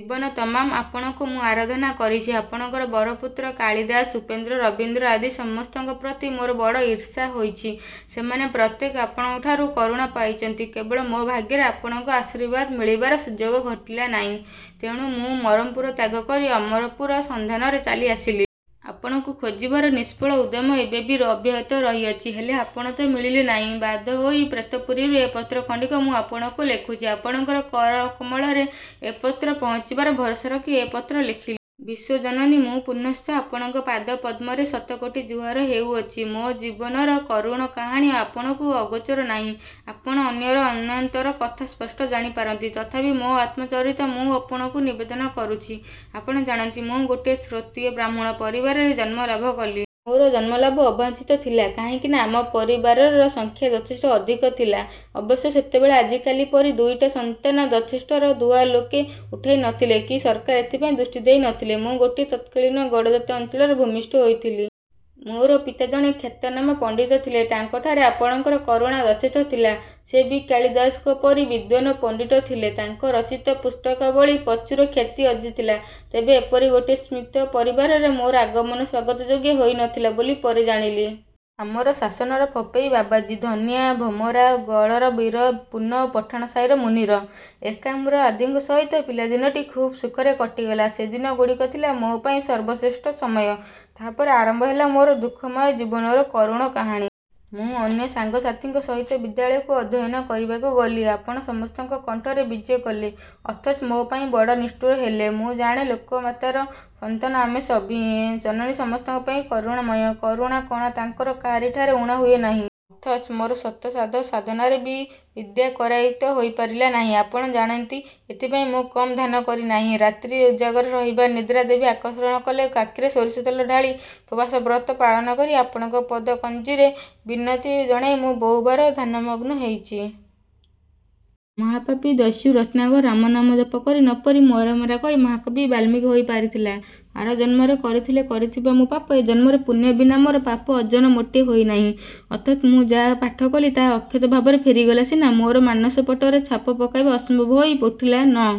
ଜୀବନ ତମାମ ଆପଣଙ୍କୁ ମୁଁ ଆରାଧନା କରିଚି। ଆପଣଙ୍କ ବରପୁତ୍ର କାଳିଦାସ, ଉପେନ୍ଦ୍ର, ରବୀନ୍ଦ୍ର ଆଦି ସମସ୍ତଙ୍କ ପ୍ରତି ମୋର ବଡ଼ ଈର୍ଷା ହୋଇଚି। ସେମାନେ ପ୍ରତ୍ୟେକେ ଆପଣଙ୍କଠାରୁ କରୁଣା ପାଇଚନ୍ତି। କେବଳ ମୋ ଭାଗ୍ୟରେ ଆପଣଙ୍କ ଆଶୀର୍ବାଦ ମିଳିବାର ସୁଯୋଗ ଘଟିଲା ନାହିଁ। ତେଣୁ ମୁଁ ମରପୁର ତ୍ୟାଗ କରି ଅମରପୁର ସନ୍ଧାନରେ ଚାଲି ଆସିଲି। ଆପଣଙ୍କୁ ଖୋଜିବାର ନିଷ୍ଫଳ ଉଦ୍ୟମ ଏବେ ବି ଅବ୍ୟାହତ ରହି ଅଛି। ହେଲେ ଆପଣ ତ ମିଳିଲେ ନାହିଁ, ବାଧ୍ୟ ହୋଇ ପ୍ରେତପୁରୀରୁ ଏ ପତ୍ର ଖଣ୍ଡିକ ମୁଁ ଆପଣଙ୍କୁ ଲେଖୁଚି। ଆପଣଙ୍କର କରକମଳରେ ଏ ପତ୍ର ପହୁଞ୍ଚିବାର ଭରସା ରଖି ଏ ପତ୍ର ଲେଖିଲି। ବିଶ୍ୱଜନନୀ, ମୁଁ ପୁନଶ୍ଚ ଆପଣଙ୍କ ପାଦ-ପଦ୍ମରେ ଶତକୋଟି ଜୁହାର ହେଉଅଛି। ମୋ ଜୀବନର କରୁଣ କାହାଣୀ ଆପଣଙ୍କୁ ଅଗୋଚର ନାହିଁ। ଆପଣ ଅନ୍ୟର ଅନ୍ତରର କଥା ସ୍ପଷ୍ଟ ଜାଣିପାରନ୍ତି। ତଥାପି ମୋ ଆତ୍ମଚରିତ ମୁଁ ଆପଣଙ୍କୁ ନିବେଦନ କରୁଛି। ଆପଣ ଜାଣନ୍ତି, ମୁଁ ଗୋଟିଏ ଶ୍ରୋତ୍ରୀୟ ବ୍ରାହ୍ମଣ ପରିବାରରେ ଜନ୍ମଲାଭ କଲି। ମୋର ଜନ୍ମଲାଭ ଅବାଞ୍ଛିତ ଥିଲା। କାହିଁକି ନା, ଆମ ପରିବାରର ସଂଖ୍ୟା ଯଥେଷ୍ଟ ଅଧିକ ଥିଲା। ଅବଶ୍ୟ ସେତେବେଳେ ଆଜିକାଲି ପରି ଦୁଇଟି ସନ୍ତାନ ଯଥେଷ୍ଟର ଦୁହା ଲୋକେ ଉଠାଇ ନ ଥିଲେ, କି ସରକାର ଏଥିପାଇଁ ଦୃଷ୍ଟି ଦେଇ ନ ଥିଲେ। ମୁଁ ଗୋଟିଏ ତତ୍କାଳିନ ଗଡ଼ଜାତ ଅଞ୍ଚଳରେ ଭୂମିଷ୍ଠ ହୋଇଥିଲି। ମୋର ପିତା ଜଣେ ଖ୍ୟାତନାମା ପଣ୍ଡିତ ଥିଲେ। ତାଙ୍କଠାରେ ଆପଣଙ୍କ କରୁଣା ଯଥେଷ୍ଟ ଥିଲା। ସେ ବି କାଳିଦାସଙ୍କ ପରି ବିଦ୍ୱାନ୍ ଓ ପଣ୍ଡିତ ଥିଲେ। ତାଙ୍କ ରଚିତ ପୁସ୍ତକାବଳୀ ପ୍ରଚୁର ଖ୍ୟାତି ଅର୍ଜ୍ଜିଥିଲା। ତେବେ ଏପରି ଗୋଟିଏ ସ୍ଫୀତ ପରିବାରରେ ମୋର ଆଗମନ ସ୍ୱାଗତଯୋଗ୍ୟ ହୋଇ ନ ଥିଲା ବୋଲି ପରେ ଜାଣିଲି। ଆମ ଶାସନର ଫପେଇ ବାବାଜୀ, ଧନିଆ, ଭ୍ରମରା, ଗଡ଼ର ବୀର, ପୂର୍ଣ୍ଣ ଓ ପଠାଣ ସାହିର ମୁନିର, ଏକାମ୍ର ଆଦିଙ୍କ ସହିତ ପିଲାଦିନଟି ଖୁବ୍ ସୁଖରେ କଟିଗଲା। ସେ ଦିନଗୁଡ଼ିକ ଥିଲା ମୋ ପାଇଁ ସର୍ବଶ୍ରେଷ୍ଟ ସମୟ। ତା'ପରେ ଆରମ୍ଭ ହେଲା ମୋର ଦୁଃଖମୟ ଜୀବନର କରୁଣ କାହାଣୀ। ମୁଁ ଅନ୍ୟ ସାଙ୍ଗ ସାଥୀଙ୍କ ସହିତ ବିଦ୍ୟାଳୟକୁ ଅଧୟନ କରିବାକୁ ଗଲି। ଆପଣ ସମସ୍ତଙ୍କ କଣ୍ଠରେ ବିଜେ କଲେ; ଅଥଚ ମୋ ପାଇଁ ବଡ଼ ନିଷ୍ଠୁର ହେଲେ-। ମୁଁ ଜାଣେ, ଲୋକମାତାର ସନ୍ତାନ ଆମେ ସଭିଏ। ଜନନୀ ସମସ୍ତଙ୍କ ପାଇଁ କରୁଣାମୟ-। କରୁଣା-କଣା ତାଙ୍କର କାହାରିଠାରେ ଊଣା ହୁଏ ନାହିଁ। ଅଥଚ ମୋର ଶତ ସାଧ୍ୟ ସାଧନାରେ ବି ବିଦ୍ୟା କରାୟତ୍ତ ହୋଇପାରିଲା ନାହିଁ; ଆପଣ ଜାଣନ୍ତି, ଏଥିପାଇଁ ମୁଁ କମ୍ ଧ୍ୟାନ କରି ନାହିଁ। ରାତ୍ରି ଉଜାଗର ରହିବା, ନିଦ୍ରା ଦେବୀ ଆକର୍ଷଣ କଲେ ଆଖିରେ ସୋରିଷ ତେଳ ଢ଼ାଳି, ଉପବାସ ବ୍ରତ ପାଳନ କରି, ଆପଣଙ୍କ ପଦ କଞ୍ଜରେ ବିନତି ଜଣାଇ ମୁଁ ବହୁବାର ଧ୍ୟାନମଗ୍ନ ହେଇଚି। ମହାପାପୀ ଦସ୍ୟୁ ରତ୍ନାକର 'ରାମ' ନାମ ଜପ କରି ନ ପରି 'ମରା' 'ମରା' କହି ମହାକବି ବାଲ୍ମୀକି ହୋଇ ପାରିଥିଲା। ଆର ଜନ୍ମରେ କରିଥିଲେ କରିଥିବା ମୁଁ ପାପ, ଏ ଜନ୍ମରେ ପୁଣ୍ୟ ବିନା ମୋର ପାପ ଅର୍ଜ୍ଜନ ମୋଟେ ହୋଇନାହିଁ। ଅଥଚ ମୁଁ ଯାହା ପାଠ କଲି ତାହା ଅକ୍ଷତ ଭାବରେ ଫେରିଗଲା ସିନା; ମୋର ମାନସପଟରେ ଛାପ ପକାଇବା ଅସମ୍ଭବ ହୋଇ ଉଠିଲା। ନ